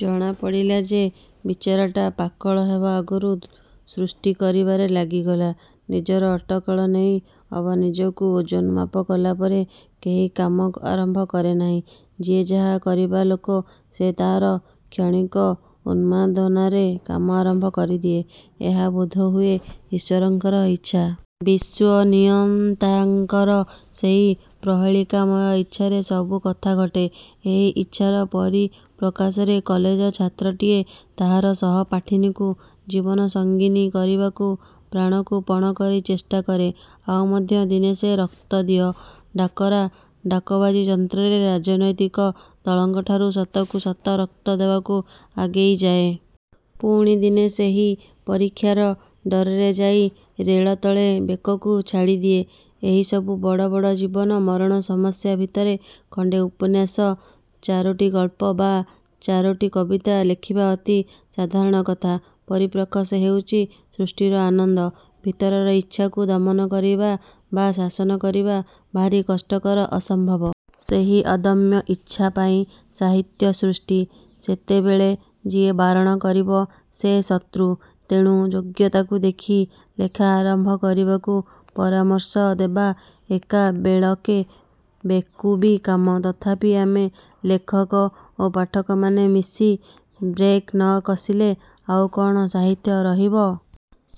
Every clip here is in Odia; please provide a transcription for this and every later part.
ଜଣାପଡ଼ିଲା ଯେ ବିଚରାଟା ପାକଳ ହେବା ଆଗରୁ ସୃଷ୍ଟି କରିବାରେ ଲାଗିଗଲା। ନିଜର ଅଟକଳ ନେଇ ଅବା ନିଜକୁ ଓଜନମାପ କଲାପରେ କେହି କାମ ଆରମ୍ଭ କରେ ନାହିଁ। ଯିଏ ଯାହା କରିବା ଲୋକ ସେ ତାହାର କ୍ଷଣିକ ଉନ୍ମାଦନାରେ କାମ ଆରମ୍ଭ କରିଦିଏ। ଏହା ବୋଧହୁଏ ଈଶ୍ୱରଙ୍କର ଇଚ୍ଛା। ବିଶ୍ୱନିୟନ୍ତାଙ୍କର ସେହି ପ୍ରହେଳିକାମୟ ଇଚ୍ଛାରେ ସବୁ କଥା ଘଟେ। ଏହି ଇଚ୍ଛାର ପରିପ୍ରକାଶରେ କଲେଜ ଛାତ୍ରଟିଏ ତାହାର ସହପାଠିନୀକୁ ଜୀବନସଙ୍ଗୀନୀ କରିବାକୁ ପ୍ରାଣକୁ ପଣ କରି ଚେଷ୍ଟା କରେ। ଆଉ ମଧ୍ୟ ଦିନେ ସେ ରକ୍ତ ଦିଅ-ଡାକରା ଡାକବାଜି ଯନ୍ତ୍ରରେ ରାଜନୈତିକ ଦଳଙ୍କଠାରୁ ସତକୁ ସତ ରକ୍ତ ଦେବାକୁ ଆଗେଇ ଯାଏ। ପୁଣି ଦିନେ ସେହି ପରୀକ୍ଷାର ଡରରେ ଯାଇ ରେଳ ତଳେ ବେକକୁ ଛାଡ଼ିଦିଏ। ଏହିସବୁ ବଡ଼ ବଡ଼ ଜୀବନ-ମରଣ ସମସ୍ୟା ଭିତରେ ଖଣ୍ଡେ ଉପନ୍ୟାସ, ଚାରୋଟି ଗଳ୍ପ ବା ବାରୋଟି କବିତା ଲେଖିବା ଅତି ସାଧାରଣ କଥା। ପରିପ୍ରକାଶ ହେଉଛି ସୃଷ୍ଟିର ଆନନ୍ଦ। ଭିତରର ଇଚ୍ଛାକୁ ଦମନ କରିବା ବା ଶାସନ କରିବା ଭାରି କଷ୍ଟକର-ଅସମ୍ଭବ। ସେହି ଅଦମ୍ୟ ଇଚ୍ଛା ପାଇଁ ସାହିତ୍ୟ ସୃଷ୍ଟି। ସେତେବେଳେ ଯିଏ ବାରଣ କରିବ-ସେ ଶତୃ। ତେଣୁ ଯୋଗ୍ୟତାକୁ ଦେଖି ଲେଖା ଆରମ୍ଭ କରିବାକୁ ପରାମର୍ଶ ଦେବା ଏକାବେଳକେ ବେକୁବି କାମ। ତଥାପି ଆମେ ଲେଖକ ଓ ପାଠକମାନେ ମିଶି ବ୍ରେକ୍ ନ କଷିଲେ ଆଉ କ'ଣ ସାହିତ୍ୟ ରହିବ?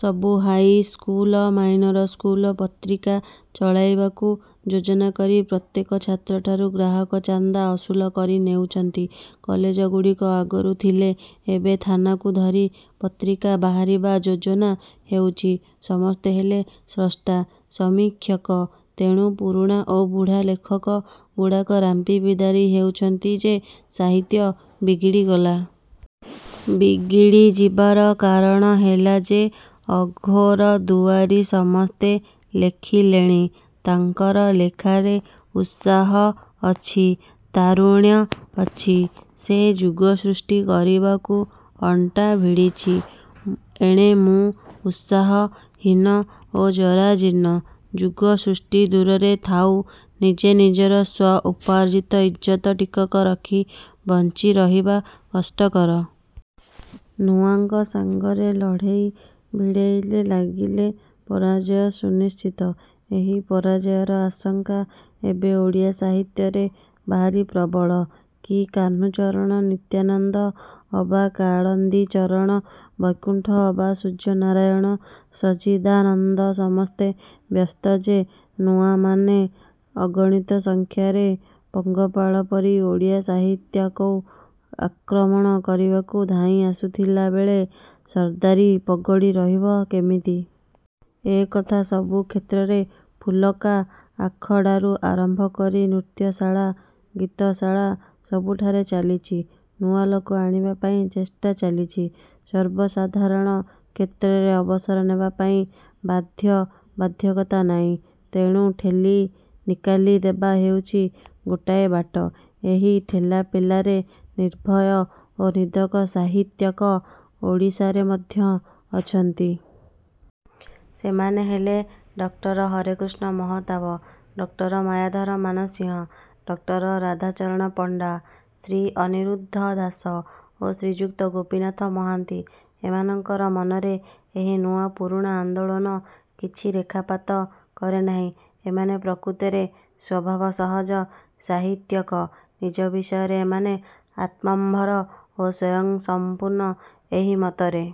ସବୁ ହାଇସ୍କୁଲ, ମାଇନର ସ୍କୁଲ ପତ୍ରିକା ଚଳାଇବାକୁ ଯୋଜନା କରି ପ୍ରତ୍ୟେକ ଛାତ୍ରଠାରୁ ଗ୍ରାହକ ଚାନ୍ଦା ଅସୁଲ କରି ନେଉଛନ୍ତି। କଲେଜ ଗୁଡ଼ିକ ଆଗରୁ ଥିଲେ। ଏବେ ଥାନାକୁ ଧରି ପତ୍ରିକା ବାହାରିବା ଯୋଜନା ହେଉଛି। ସମସ୍ତେ ହେଲେ ସ୍ରଷ୍ଟା ସମୀକ୍ଷକ। ତେଣୁ ପୁରୁଣା ଓ ବୁଢ଼ା ଲେଖକ ଗୁଡ଼ାକ ରାମ୍ପି ବିଦାରି ହେଉଛନ୍ତି ଯେ ସାହିତ୍ୟ ବିଗିଡ଼ିଗଲା। ବିଗିଡ଼ିଯିବାର କାରଣ ହେଲା ଯେ ଅଘୋରଦୁଆରୀ ସମସ୍ତେ ଲେଖିଲେଣି। ତାଙ୍କର ଲେଖାରେ ଉତ୍ସାହ ଅଛି-ତାରୁଣ୍ୟ ଅଛି। ସେ ଯୁଗ ସୃଷ୍ଟି କରିବାକୁ ଅଣ୍ଟା ଭିଡ଼ିଛି। ଏଣେ ମୁଁ ଉତ୍ସାହ-ହୀନ ଓ ଜରାଜୀର୍ଣ୍ଣ। ଯୁଗ ସୃଷ୍ଟି ଦୂରରେ ଥାଉ ନିଜେ ନିଜର ସ୍ୱ-ଉପାର୍ଜିତ ଇଜ୍ଜତ ଟିକକ ରଖି ବଞ୍ଚି ରହିବା କଷ୍ଟକର। ନୂଆଙ୍କ ସାଙ୍ଗରେ ଲଢ଼େଇ ଭିଡ଼େଇରେ ଲାଗିଲେ ପରାଜୟ ସୁନିଶ୍ଚିତ-। ଏହି ପରାଜୟର ଆଶଙ୍କା ଏବେ ଓଡ଼ିଆ ସାହିତ୍ୟରେ ଭାରି ପ୍ରବଳ। କି କାହ୍ନୁଚରଣ ନିତ୍ୟାନନ୍ଦ ଅବା କାଳିନ୍ଦୀଚରଣ ବୈକୁଣ୍ଠ ଅବା ସୂର୍ଯ୍ୟନାରାୟଣ ସଚ୍ଚିଦାନନ୍ଦ ସମସ୍ତେ ବ୍ୟସ୍ତ ଯେ ନୂଆମାନେ ଅଗଣିତ ସଂଖ୍ୟାରେ ପଙ୍ଗପାଳ ପରି ଓଡ଼ିଆ ସାହିତ୍ୟକୁ ଆକ୍ରମଣ କରିବାକୁ ଧାଇଁ ଆସୁଥିଲାବେଳେ ସର୍ଦାରି ପଗଡ଼ି ରହିବ କେମିତି? ଏକଥା। ସବୁ କ୍ଷେତ୍ରରେ ଫୁଲକା ଆଖଡ଼ାରୁ ଆରମ୍ଭ କରି ନୃତ୍ୟଶାଳା, ଗୀତଶାଳା ସବୁଠାରେ ଚାଲିଛି। ନୂଆ ଲୋକ ଆଣିବା ପାଇଁ ଚେଷ୍ଟା ଚାଲିଛି। ସର୍ବସାଧାରଣ କ୍ଷେତ୍ରରେ ଅବସର ନେବା ପାଇଁ ବାଧ୍ୟ ବାଧକତା ନାହିଁ। ତେଣୁ ଠେଲି ନିକାଲି ଦେବା ହେଉଛି ଗୋଟାଏ ବାଟ। ଏହି ଠେଲାପେଲାରେ ନିର୍ଭୟ ଓ ନିଦକ ସାହିତ୍ୟିକ ଓଡ଼ିଶାରେ ମଧ୍ୟ ଅଛନ୍ତି। ସେମାନେ ହେଲେ doctor Harekrushna Mahtab, doctor Mayadhar Mansingh, doctor Radhacharan Panda, Shri Aniruddha Das ଓ ଶ୍ରୀଯୁକ୍ତ ଗୋପୀନାଥ ମହାନ୍ତି। ଏମାନଙ୍କର ମନରେ ଏହି ନୂଆ ପୁରୁଣା ଆନ୍ଦୋଳନ କିଛି ରେଖାପାତ କରେ ନାହିଁ। ଏମାନେ ପ୍ରକୃତରେ ସ୍ୱଭାବ ସହଜ ସାହିତ୍ୟିକ-। ନିଜ ବିଷୟରେ ଏମାନେ ଆତ୍ମମ୍ଭର ଓ ସ୍ୱୟଂସଂପୂର୍ଣ୍ଣ। ଏହି ମତରେ